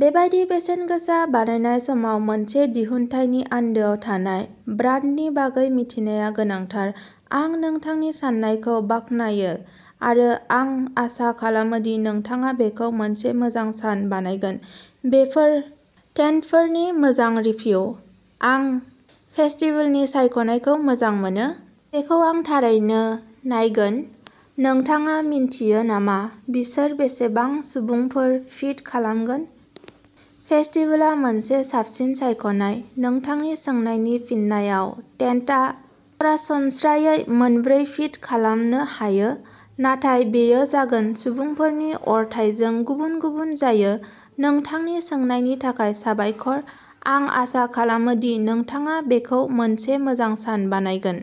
बेबादि बेसेन गोसा बायनाय समाव मोनसे दिहुनथायनि आन्दोआव थानाय ब्रान्डनि बागै मिथिनाया गोनांथार। आं नोंथांनि साननायखौ बाख्नायो आरो आं आसा खालामो दि नोंथाङा बेखौ मोनसे मोजां सान बानायगोन! बेफोर टेन्टफोरनि मोजां रिभिउ! आं भेस्टिबुलनि सायख'नायखौ मोजां मोनो! बेखौ आं थारैनो नायगोन। नोंथाङा मिन्थियो नामा बिसोर बेसेबां सुबुंफोर फिट खालामगोन? भेस्टिबुलआ मोनसे साबसिन सायख'नाय। नोंथांनि सोंनायनि फिननायाव, टेन्टआ सरासनस्रायै मोनब्रै फिट खालामनो हायो, नाथाय बेयो जागोन। सुबुंफोरनि अरथाइजों गुबुन-गुबुन जायो। नोंथांनि सोंनायनि थाखाय साबायखर आरो आं आसा खालामो दि नोंथाङा बेखौ मोनसे मोजां सान बानायगोन!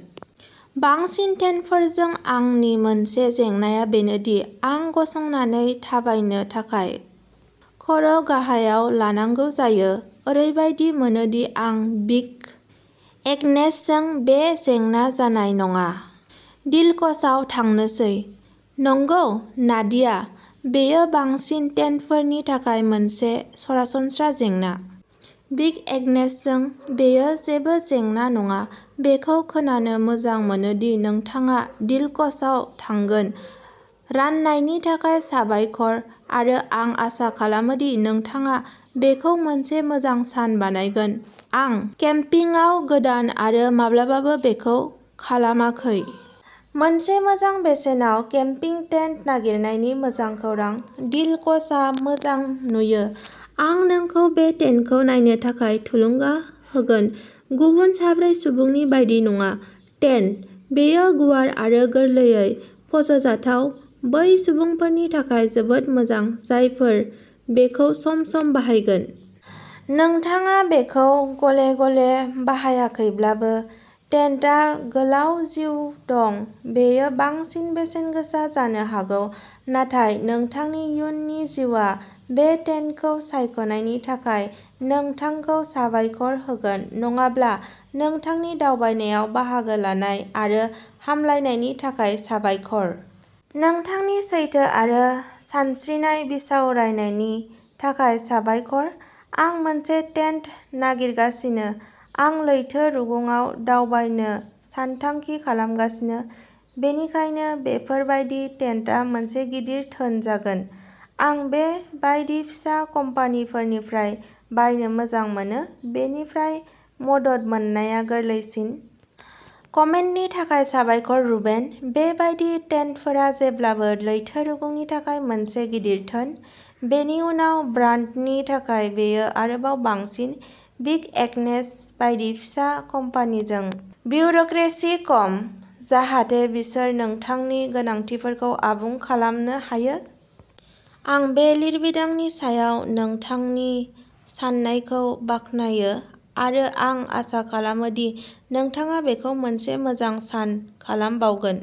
बांसिन टेन्टफोरजों आंनि मोनसे जेंनाया बेनो दि आं गसंनानै थाबायनो थाखाय खर'गाहायाव लांनांगौ जायो। ओरैबायदि मोनो दि आं बिग एग्नेसजों बे जेंना जानाय नङा। डिलक्सआव थांनोसै! नंगौ नादिया, बेयो बांसिन टेन्टफोरनि थाखाय मोनसे सरासनस्रा जेंना। बिग एग्नेसजों, बेयो जेबो जेंना नङा। बेखौ खोनानो मोजां मोनो दि नोंथाङा डिलक्सआव थांगोन। राननायनि थाखाय साबायखर आरो आं आसा खालामो दि नोंथाङा बेखौ मोनसे मोजां सान बानायगोन! आं केम्पिंगआव गोदान आरो माब्लाबाबो बेखौ खालामाखै। मोनसे मोजां बेसेनाव केम्पिं टेन्ट नागिरनायनि मोजां खौरां। डिलक्सआ मोजां नुयो। आं नोंखौ बे टेन्टखौ नायनो थाखाय थुलुंगा होगोन। गुबुन साब्रै सुबुंनि बायदि नङा। टेन्ट, बेयो गुवार आरो गोरलैयै फज'जाथाव, बै सुबुंफोरनि थाखाय जोबोद मोजां जायफोरा बेखौ सम-सम बाहायगोन। नोंथाङा बेखौ गले-गले बाहायाखैब्लाबो, टेन्टआ गोलाव जिउ दं। बेयो बांसिन बेसेन गोसा जानो हागौ, नाथाय नोंथांनि इयुननि जिउआ बे टेन्टखौ सायख'नायनि थाखाय नोंथांखौ साबायखर होगोन। नङाब्ला, नोंथांनि दावबायनायाव बाहागो लानाय आरो हामलायनायनि थाखाय साबायखर! नोंथांनि सैथो आरो सानस्रिनाय बिसावरायनायनि थाखाय साबायखर। आं मोनसे टेन्ड नागिरगासिनो, आं लैथो रुगुंआव दावबायनो सानथांखि खालामगासिनो, बेनिखायनो बेफोर बायदि टेन्टआ मोनसे गिदिर धोन जागोन। आं बे बायदि फिसा कम्पानिफोरनिफ्राय बायनो मोजां मोनो, बेनिफ्राय मदद मोननाया गोरलैसिन। कमेन्टनि थाखाय साबायखर रुबेन। बे बायदि टेन्टफोरा जेब्लाबो लैथो रुगुंनि थाखाय मोनसे गिदिर धोन। बेनि उनाव ब्रान्डनि थाखाय बेयो आरोबाव बांसिन। बिग एग्नेस बायदि फिसा कम्पानिजों, ब्युरोक्रेसि खम। जाहाथे बिसोर नोंथांनि गोनांथिफोरखौ आबुं खालामनो हायो। आं बे लिरबिदांनि सायाव नोंथांनि साननायखौ बाख्नायो आरो आं आसा खालामो दि नोंथाङा बेखौ मोनसे मोजां सान खालामबावगोन!